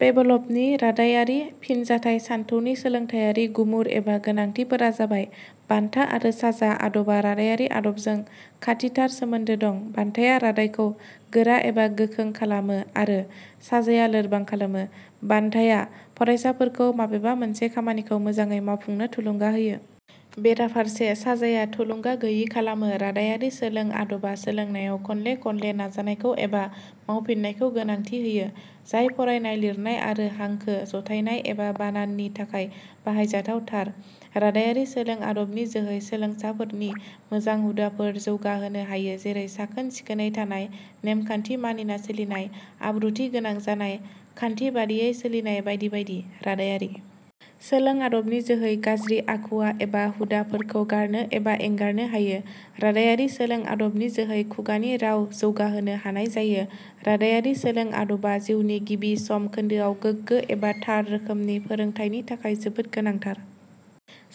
पेभलभनि रादायारि फिनजाथाइ सानथौनि सोलोंथाइयारि गुमुर एबा गोनांथिफोरा जाबाय :.बान्था आरो साजा आदबा रादायारि आदबजों खाथिथार सोमोन्दो दं। बान्थाया रादायखौ गोरा एबा गोखों खालामो आरो साजाया लोरबां खालामो। बान्धाया फरायसाफोरखौ माबेबा मोनसे खामानिखौ मोजांयै मावफुंनो थुलुंगा होयो। बेराफारसे साजाया थुलुंगा गोयि खालामो।. रादायारि सोलों आदबा सोलोंनायाव खनले खनले नाजानायखौ एबा मावफिननायखौ गोनांथि होयो, जाय फरायनाय, लिरनाय आरो हांखो जथाइनाय एबा बानाननि थाखाय बाहायजाथाव थार।.रादायारि सोलों आदबनि जोहै सोलोंसाफोरनि मोजां हुदाफोर जौगाहोनो हायो जेरै- साखोन-सिखोनै थानाय, नेमखान्थि मानिना सोलिनाय, आब्रुथि गोनां जानाय, खान्थि बादियै सोलिनाय बायदि बायदि।.रादायारि सोलों आदबनि जोहै गाज्रि आखु एबा हुदा फोरखौ गारनो एबा एंगारनो हायो।.रादायारि सोलों आदबनि जोहै खुगानि राव जौगाहोनो हानाय जायो।. रादायारि सोलों आदबा जिउनि गिबि सम खोन्दोआव गोग्गो एबा थार रोखोमनि फोरोंथाइनि थाखाय जोबोद गोनांथार।: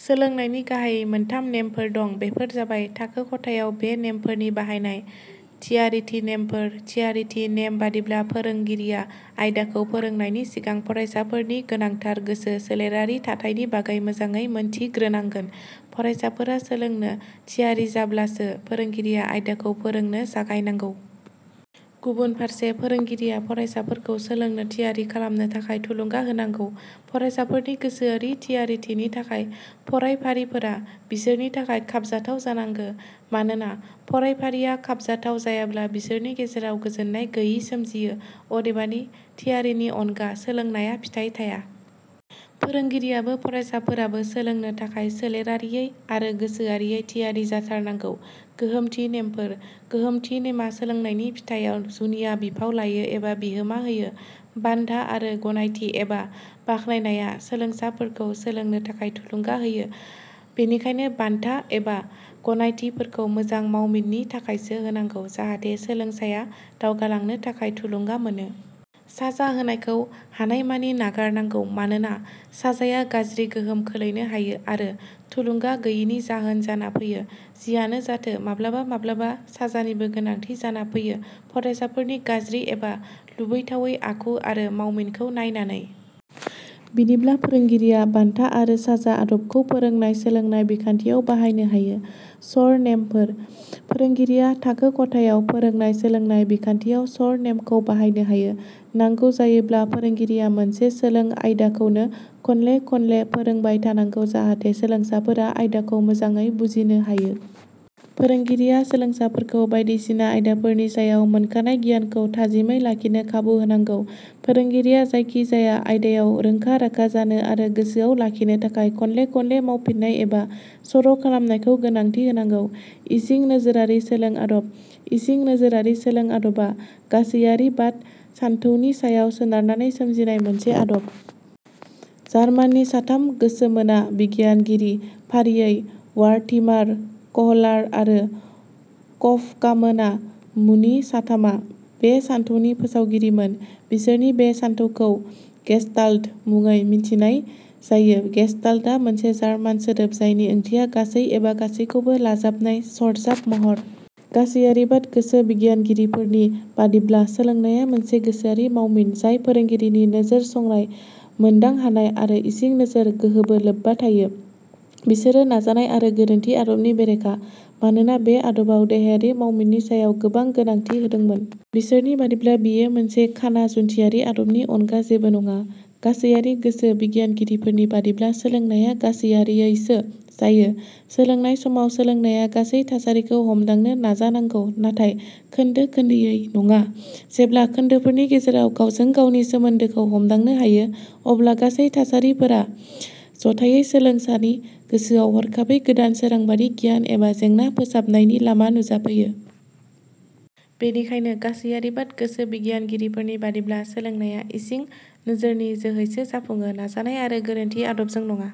सोलोंनायनि गाहाइयै मोनथाम नेमफोर दं बेफोर जाबाय- थाखो खथायाव बे नेमफोरनि बाहायनाय: थियारिथि नेमफोर: थियारिथि नेम बादिब्ला फोरोंगिरिया आयदाखौ फोरोंनायनि सिगां फरायसाफोरनि गोनांथार गोसो सोलेरारि थाथाइनि बागै मोजाङै मिथिग्रोनांगोन। फरायसाफोरा सोलोंनो थियारिजाब्लासो फोरोंगिरिया आयदाखौ फोरोंनो जागायनांगौ। गुबुन फारसे, फोरोंगिरिया फरायसाफोरखौ सोलोंनो थियारि खालामनो थाखाय थुलुंगा होनांगौ। फरायसाफोरनि गोसोआरि थियारिथिनि थाखाय फरायफारिफोरा बिसोरनि थाखाय खाबजाथाव जानांगो। मानोना, फरायफारिया खाबजाथाव जायाब्ला बिसोरनि गेजेराव गोजोननाय गोयि सोमजियो। अदेबानि थियारिनि अनगा सोलोंनाया फिथाइ थाया। फोरोंगिरियाबो फरायसाफोराबो सोलोंनो थाखाय सोलेरारियै आरो गोसोआरियै थियारि जाथार नांगौ।. गोहोमथि नेमफोर: गोहोमथि नेमआ सोलोंनायनि फिथाइयाव जुनिया बिफाव लायो एबा बिहोमा होयो। बान्धा आरो गनायथि एबा बाखनायनाया सोलोंसाफोरखौ सोलोंनो थाखाय थुलुंगा होयो बेनिखायनो बान्था एबा गनायथिफोरखौ मोजां मावमिननि थाखायसो होनांगौ जाहाथे सोलोंसाया दावगालांनो थाखाय थुलुंगा मोनो। साजा होनायखौ हानायमानि नागार नांगौ। मानोना साजाया गाज्रि गोहोम खोलैनो हायो आरो थुलुंगा गोयिनि जाहोन जाना फैयो। जियानो जाथो माब्लाबा माब्लाबा साजानिबो गोनांथि जाना फैयो फरायसाफोरनि गाज्रि एबा लुबैथावै आखु आरो मावमिनखौ नायनानै। बिदिब्ला फोरोंगिरिया 'बान्था आरो साजा' आदबखौ फोरोंनाय सोलोंनाय बिखान्थियाव बाहायनो हायो।. सर 'नेमफोर: फोरोंगिरिया थाखो खथायाव फोरोंनाय सोलोंनाय बिखान्थियाव सर 'नेमखौ बाहायनो हायो। नांगौ जायोब्ला फोरोंगिरिया मोनसे सोलों आयदाखौनो खनले खनले फोरोंबाय थानांगौ जाहाथे सोलोंसाफोरा आयदाखौ मोजाङै बुजिनो हायो। फोरोंगिरिया सोलोंसाफोरखौ बायदिसिना आयदाफोरनि सायाव मोनखानाय गियानखौ थाजिमै लाखिनो खाबु होनांगौ। फोरोंगिरिया जायखिजाया आयदायाव रोंखा-राखा जानो आरो गोसोआव लाखिनो थाखाय खनले खनले मावफिननाय एबा सर' खालामनायखौ गोनांथि होनांगौ।: इसिं नोजोरारि सोलों आदब: इसिं नोजोरारि सोलों आदबा गासैयारिबाद सान्थौनि सायाव सोनारनानै सोमजिनाय मोनसे आदब। जार्माननि साथाम गोसोमोना बिगियानगिरि फारियै वार्थिमार, कहलार आरो कफकामोना मुनि साथामा बे सान्थौनि फोसावगिरिमोन। बिसोरनि बे सानथौखौ 'गेस्टाल्ट' मुङै मिथिनाय जायो। 'गेस्टाल्ट 'आ मोनसे जार्मान सोदोब जायनि ओंथिया 'गासै' एबा गासैखौबो 'लाजाबनाय सरजाब महर'। गासैयारिबाद गोसो बिगियानगिरिफोरनि बादिब्ला सोलोंनाया मोनसे गोसोआरि मावमिन जाय फोरोंगिरिनि नोजोर संनाय मोनदांहानाय आरो इसिं नोजोर गोहोजों लोब्बा थायो। बिसोरो नाजानाय आरो गोरोन्थि आदबनि बेरेखा। मानोना बे आदबाव देहायारि मावमिननि सायाव गोबां गोनांथि होदोंमोन। बिसोरनि बादिब्ला बेयो मोनसे खाना जुन्थियारि आदबनि अनगा जेबो नङा। गासैयारि गोसो बिगियानगिरिफोरनि बादिब्ला सोलोंनाया गासैयारियैसो जायो। सोलोंनाय समाव सोलोंनाया गासै थासारिखौ हमदांनो नाजानांगौ नाथाय खोन्दो खोन्दोयै नङा। जेब्ला खोन्दोफोरनि गेजेराव गावजों गावनि सोमोन्दोखौ हमदांनो हायो अब्ला गासै थासारिफोरा जथाइयै सोलोंसानि गोसोआव हरखाबै गोदान सोरांबादि गियान एबा जेंना फोसाबनायनि लामा नुजाफैयो। बेनिखायनो गासैयारिबाद गोसो बिगियानगिरिफोरनि बादिब्ला सोलोंनाया इसिं नोजोरनि जोहैसो जाफुङो, नाजानाय आरो गोरोन्थि आदबजों नङा।